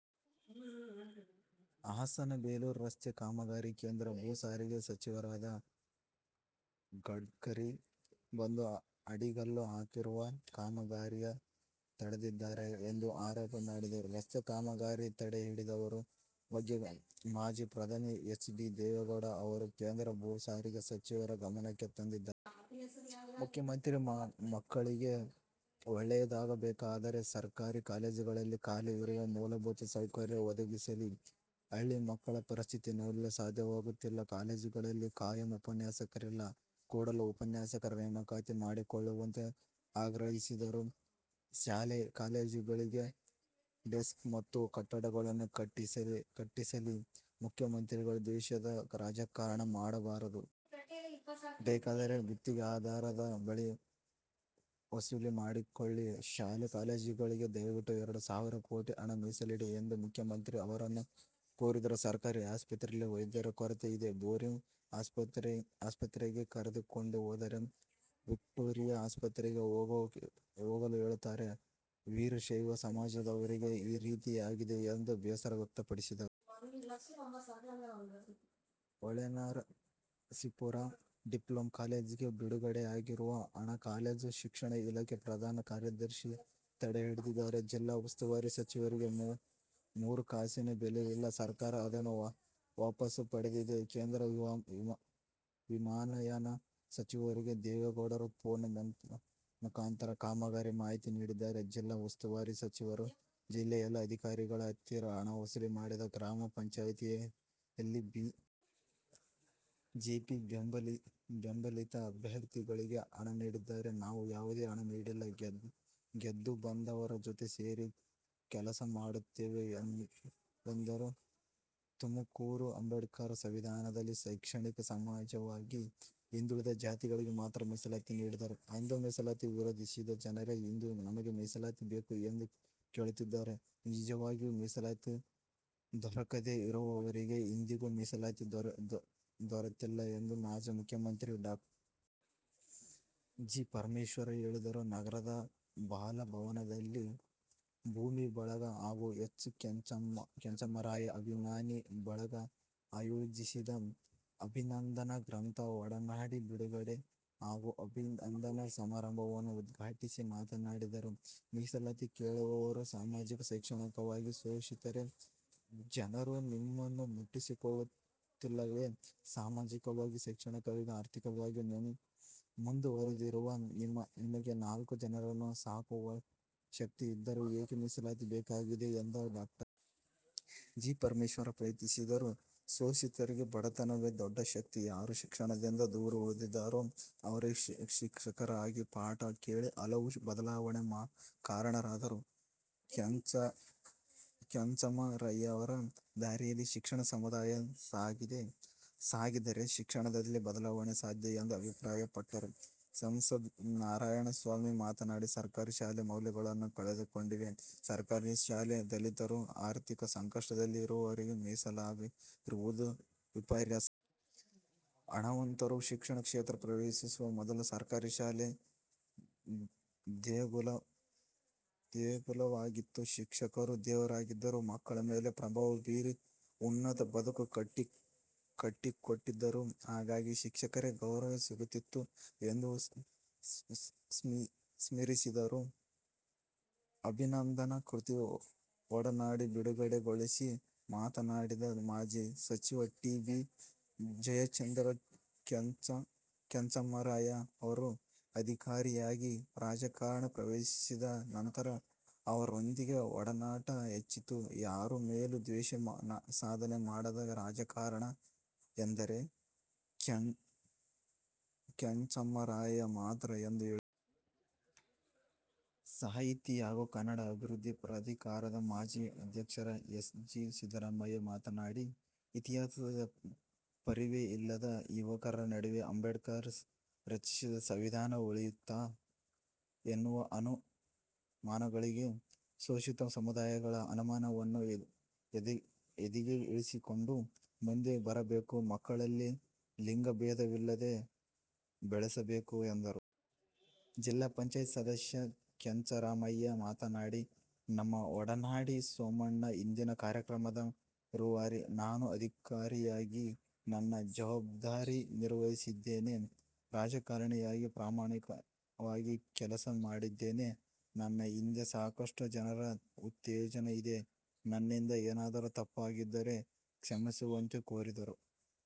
ಹಾಸನ ಬೇಲೂರು ರಸ್ತೆ ಕಾಮಗಾರಿಗೆ ಕೇಂದ್ರ ಭೂ ಸಾರಿಗೆ ಸಚಿವರಾದ ಗಡ್ಕರಿ ಬಂದು ಅಡಿಗಲ್ಲು ಹಾಕಿರುವ ಕಾಮಗಾರಿ ತಡೆದಿದ್ದಾರೆ ಎಂದು ಆರೋಪ ಮಾಡಿದರು. ರಸ್ತೆ ಕಾಮಗಾರಿ ತಡೆ ಹಿಡಿದಿರುವ ಬಗ್ಗೆ ಮಾಜಿ ಪ್ರಧಾನಿ ಎಚ್. ಡಿ. ದೇವೇಗೌಡ ಅವರು ಕೇಂದ್ರ ಭೂ ಸಾರಿಗೆ ಸಚಿವರ ಗಮನಕ್ಕೆ ತಂದಿದ್ದ ಮುಖ್ಯಮಂತ್ರಿ ಮಕ್ಕಳಿಗೆ ಒಳ್ಳೆಯಾದಾಗಬೇಕಾದರೆ ಸರ್ಕಾರಿ ಕಾಲೇಜುಗಳಲ್ಲಿ ಖಾಲಿ ಇರುವ ಮೂಲಭೂತ ಸೌಕರ್ಯ ಒದಗಿಸಲಿ. ಹಳ್ಳಿ ಮಕ್ಕಳ ಪರಿಸ್ಥಿತಿ ನೋಡಲು ಸಾಧ್ಯವಾಗುತ್ತಿಲ್ಲ. ಕಾಲೇಜುಗಳಲ್ಲಿ ಖಾಯಂ ಉಪನ್ಯಾಸಕರಿಲ್ಲ. ಕೂಡಲೇ ಉಪನ್ಯಾಸಕರ ನೇಮಕಾತಿ ಮಾಡಿಕೊಳ್ಳುವಂತೆ ಆಗ್ರಹಿಸಿದರು. ಶಾಲೆ ಕಾಲೇಜುಗಳಿಗೆ ಡೆಸ್ಕ್ ಮತ್ತು ಕಟ್ಟಡಗಳನ್ನು ಕಟ್ಟಿಸಲ್ಲಿ. ಮುಖ್ಯಮಂತ್ರಿಗಳು ದ್ವೇಷದ ರಾಜಕಾರಣ ಮಾಡಬಾರದು. ಬೇಕಾದರೇ ಗುತ್ತಿಗೆದಾರರ ಬಳಿ ವಸೂಲಿ ಮಾಡಿಕೊಳ್ಳಲಿ. ಶಾಲೆ -ಕಾಲೇಜುಗಳಿಗೆ ದಯವಿಟ್ಟು ಎರಡು ಸಾವಿರ ಕೋಟಿ ಹಣ ಮೀಸಲಿಡಿ ಎಂದು ಮುಖ್ಯಮಂತ್ರಿ ಅವರನ್ನು ಕೋರಿದರು. ಸರ್ಕಾರಿ ಆಸ್ಪತ್ರೆಯಲ್ಲಿ ವೈದ್ಯರ ಕೊರತೆ ಇದೆ. ಬೋರಿಂಗ್ ಆಸ್ಪತ್ರೆಗೆ ಕರೆದುಕೊಂಡು ಹೋದರೆ ವಿಕ್ಟೋರಿಯಾ ಆಸ್ಪತ್ರೆಗೆ ಹೋಗಲು ಹೇಳುತ್ತಾರೆ. ವೀರಶೈವ ಸಮಾಜದವರೆಗೆ ಈ ರೀತಿ ಆಗಿದೆ ಎಂದು ಬೇಸರ ವ್ಯಕ್ತಪಡಿಸಿದರು. ಹೊಳೆನರಸೀಪುರ ಡಿಪ್ಲೊಮಾ ಕಾಲೇಜಿಗೆ ಬಿಡುಗಡೆಯಾಗಿರುವ ಹಣ ಕಾಲೇಜು ಶಿಕ್ಷಣ ಇಲಾಖೆ ಪ್ರಧಾನ ಕಾರ್ಯದರ್ಶಿ ತಡೆಹಿಡಿದಿದ್ದಾರೆ. ಜಿಲ್ಲಾ ಉಸ್ತುವಾರಿ ಸಚಿವರಿಗೆ ಮೂರು ಕಾಸಿನ ಬೆಲೆಯಿಲ್ಲ. ಸರ್ಕಾರ ಅದನ್ನು ವಾಪಸ್ಸು ಪಡೆದಿದೆ. ಕೇಂದ್ರ ವಿಮಾನಯಾನ ಸಚಿವರಿಗೆ ದೇವೆಗೌಡರು ಫೋನ್ ಮುಖಾಂತರ ಕಾಮಗಾರಿ ಮಾಹಿತಿ ನೀಡಿದ್ದಾರೆ. ಜಿಲ್ಲಾ ಉಸ್ತುವಾರಿ ಸಚಿವರು ಜಿಲ್ಲೆಯ ಎಲ್ಲಾ ಅಧಿಕಾರಿಗಳ ಹತ್ತಿರ ಹಣ ವಸೂಲಿ ಮಾಡಿ ಗ್ರಾಮ ಪಂಚಾಯತಿಯಲ್ಲಿ ಬಿ. ಜೆ. ಪಿ. ಬೆಂಬಲಿತ ಅಭ್ಯರ್ಥಿಗಳಿಗೆ ಹಣ ನೀಡಿದ್ದಾರೆ. ನಾವು ಯಾವುದೇ ಹಣ ನೀಡಿಲ್ಲ. ಗೆದ್ದು ಬಂದವರ ಜೊತೆ ಸೇರಿ ಕೆಲಸ ಮಾಡುತ್ತೇವೆ ಎಂದರು. ತುಮಕೂರು: ಅಂಬೇಡ್ಕರ್ ಸಂವಿಧಾನದಲ್ಲಿ ಶೈಕ್ಷಣಿಕ, ಸಾಮಾಜಿಕವಾಗಿ ಹಿಂದುಳಿದ ಜಾತಿಗಳಿಗೆ ಮಾತ್ರ ಮೀಸಲಾತಿ ನೀಡಿದರು. ಅಂದು ಮೀಸಲಾತಿ ವಿರೋಧಿಸಿದ್ದ ಜನರೇ ಇಂದು ನಮಗೆ ಮೀಸಲಾತಿ ಬೇಕು ಎಂದು ಕೇಳುತ್ತಿದ್ದಾರೆ ನಿಜವಾಗಿಯೂ ಮೀಸಲಾತಿ ದೊರಕದೇ ಇರುವವರಿಗೆ ಇಂದಿಗೂ ಮೀಸಲಾತಿ ದೊರೆತ್ತಿಲ್ಲ ಎಂದು ಮಾಜಿ ಉಪಮುಖ್ಯಮಂತ್ರಿ ಡಾ. ಜಿ. ಪರಮೇಶ್ವರ್ ಹೇಳಿದರು. ನಗರದ ಬಾಲಭವನದಲ್ಲಿ ಭೂಮಿ ಬಳಗ ಹಾಗೂ ಎಚ್. ಕೆಂಚಮಾರಯ್ಯ ಅಭಿಮಾನಿ ಬಳಗ ಆಯೋಜಿಸಿದ್ದ ಅಭಿನಂದನಾ ಗ್ರಂಥ ಒಡನಾಡಿ ಬಿಡುಗಡೆ ಹಾಗೂ ಅಭಿನಂದನಾ ಸಮಾರಂಭವನ್ನು ಉದ್ಘಾಟಿಸಿ ಮಾತನಾಡಿದರು. ಮೀಸಲಾತಿ ಕೇಳುವವರು ಸಾಮಾಜಿಕ, ಶೈಕ್ಷಣಿಕವಾಗಿ ಶೋಷಿತರೆ, ಜನರು ನಿಮ್ಮನ್ನು ಮುಟ್ಟಿಸಿಕೊಳ್ಳುತ್ತಿಲ್ಲವೇ, ಸಾಮಾಜಿಕವಾಗಿ, ಶೈಕ್ಷಣಿಕವಾಗಿ, ಆರ್ಥಿಕವಾಗಿ ಮುಂದುವರಿದಿರುವ ನಿಮಗೆ ನಾಲ್ಕು ಜನರನ್ನು ಸಾಕುವಶಕ್ತಿ ಇದ್ದರೂ ಏಕೆ ಮೀಸಲಾತಿ ಬೇಕಾಗಿದೆ ಎಂದು ಡಾ. ಜಿ. ಪರಮೇಶ್ವರ್ ಪ್ರಶ್ನಿಸಿದರು. ಶೋಷಿತರಿಗೆ ಬಡತನವೇ ದೊಡ್ಡ ಶಕ್ತಿ, ಯಾರು ಶಿಕ್ಷಣದಿಂದ ದೂರ ಉಳಿದಿದ್ದರೋ ಅವರೇ ಶಿಕ್ಷಕರಾಗಿಪಾಠ ಹೇಳಿ ಹಲವು ಬದಲಾವಣೆಗೆ ಕಾರಣರಾದರು. ಕೆಂಚಮಾರಯ್ಯಅವರ ದಾರಿಯಲ್ಲಿ ಶಿಕ್ಷಕ ಸಮುದಾಯ ಸಾಗಿದರೆ ಶಿಕ್ಷಣದಲ್ಲಿ ಬದಲಾವಣೆ ಸಾಧ್ಯ ಎಂದು ಅಭಿಪ್ರಾಯಪಟ್ಟರು. ಸಂಸದ ನಾರಾಯಣಸ್ವಾಮಿ ಮಾತನಾಡಿ, ಸರ್ಕಾರಿ ಶಾಲೆ ಮೌಲ್ಯಗಳನ್ನು ಕಳೆದುಕೊಂಡಿವೆ, ಸರ್ಕಾರಿ ಶಾಲೆ ದಲಿತರು, ಆರ್ಥಿಕ ಸಂಕಷ್ಟದಲ್ಲಿರುವವರಿಗೆಮೀಸಲಾಗಿರುವುದು ವಿಪರ್ಯಾಸ. ಹಣವಂತರು ಶಿಕ್ಷಣ ಕ್ಷೇತ್ರ ಪ್ರವೇಶಿಸುವ ಮೊದಲು ಸರ್ಕಾರಿ ಶಾಲೆ ದೇಗುಲವಾಗಿತ್ತು. ಶಿಕ್ಷಕರು ದೇವರಾಗಿದ್ದರು. ಮಕ್ಕಳ ಮೇಲೆ ಪ್ರಭಾವ ಬೀರಿ ಉನ್ನತ ಬದುಕು ಕಟ್ಟಿಕೊಟ್ಟಿದ್ದರು, ಆಗಾಗಿ ಶಿಕ್ಷಕರಿಗೆ ಗೌರವ ಸಿಗುತ್ತಿತ್ತು ಎಂದು ಸ್ಮರಿಸಿದರು. ಅಭಿನಂದನಾ ಕೃತಿ ಒಡನಾಡಿ ಬಿಡುಗಡೆಗೊಳಿಸಿ ಮಾತನಾಡಿದ ಮಾಜಿ ಸಚಿವ ಟಿ. ಬಿ. ಜಯಚಂದ್ರ, ಕೆಂಚಮಾರಯ್ಯ ಅವರು ಅಧಿಕಾರಿಯಾಗಿ, ರಾಜಕಾರಣ ಪ್ರವೇಶಿಸಿದ ನಂತರ ಅವರೊಂದಿಗೆ ಒಡನಾಟ ಹೆಚ್ಚಿತ್ತು, ಯಾರ ಮೇಲೂ ದ್ವೇಷ ಸಾಧನೆ ಮಾಡದ ರಾಜಕಾರಣಿ ಎಂದರೆ ಕೆಂಚಮಾರಯ್ಯ ಮಾತ್ರ ಎಂದು ಹೇಳಿದರು. ಸಾಹಿತಿ ಹಾಗೂ ಕನ್ನಡ ಅಭಿವೃದ್ಧಿ ಪ್ರಾಧಿಕಾರದ ಮಾಜಿ ಅಧ್ಯಕ್ಷ ಎಸ್. ಜಿ. ಸಿದ್ದರಾಮಯ್ಯ ಮಾತನಾಡಿ, ಇತಿಹಾಸದ ಪರಿವೆ ಇಲ್ಲದ ಯುವಕರ ನಡುವೆ ಅಂಬೇಡ್ಕರ್ ರಚಿಸಿದ ಸಂವಿಧಾನ ಉಳಿಯುತ್ತ ಎನ್ನುವ ಅನು ಮಾನಗಳಿವೆ. ಶೋಷಿತ ಸಮುದಾಯಗಳ ಅವಮಾನವನ್ನು ಎದೆಗೆ ಇಳಿಸಿಕೊಂಡು ಮುಂದೆ ಬರಬೇಕು, ಮಕ್ಕಳಲ್ಲಿ ಲಿಂಗಬೇಧವಿಲ್ಲದೆ ಬೆಳೆಸಬೇಕು ಎಂದರು. ಜಿಲ್ಲಾ ಪಂಚಾಯತ್ ಸದಸ್ಯ ಕೆಂಚಮಾರಯ್ಯ ಮಾತನಾಡಿ, ನಮ್ಮ ಒಡನಾಡಿ ಸೋಮಣ್ಣ ಇಂದಿನ ಕಾರ್ಯಕ್ರಮದ ರೂವಾರಿ, ನಾನು ಅಧಿಕಾರಿಯಾಗಿ ನನ್ನ ಜವಾಬ್ದಾರಿ ನಿರ್ವಹಿಸಿದ್ದೇನೆ. ರಾಜಕಾರಣಿಯಾಗಿ ಪ್ರಾಮಾಣಿಕವಾಗಿ ಕೆಲಸ ಮಾಡಿದ್ದೇನೆ. ನನ್ನ ಹಿಂದೆ ಸಾಕಷ್ಟು ಜನರ ಉತ್ತೇಜನ ಇದೆ. ನನ್ನಿಂದ ಏನಾದರೂ ತಪ್ಪಾಗಿದ್ದರೆ ಕ್ಷಮಿಸುವಂತೆ ಕೋರಿದರು.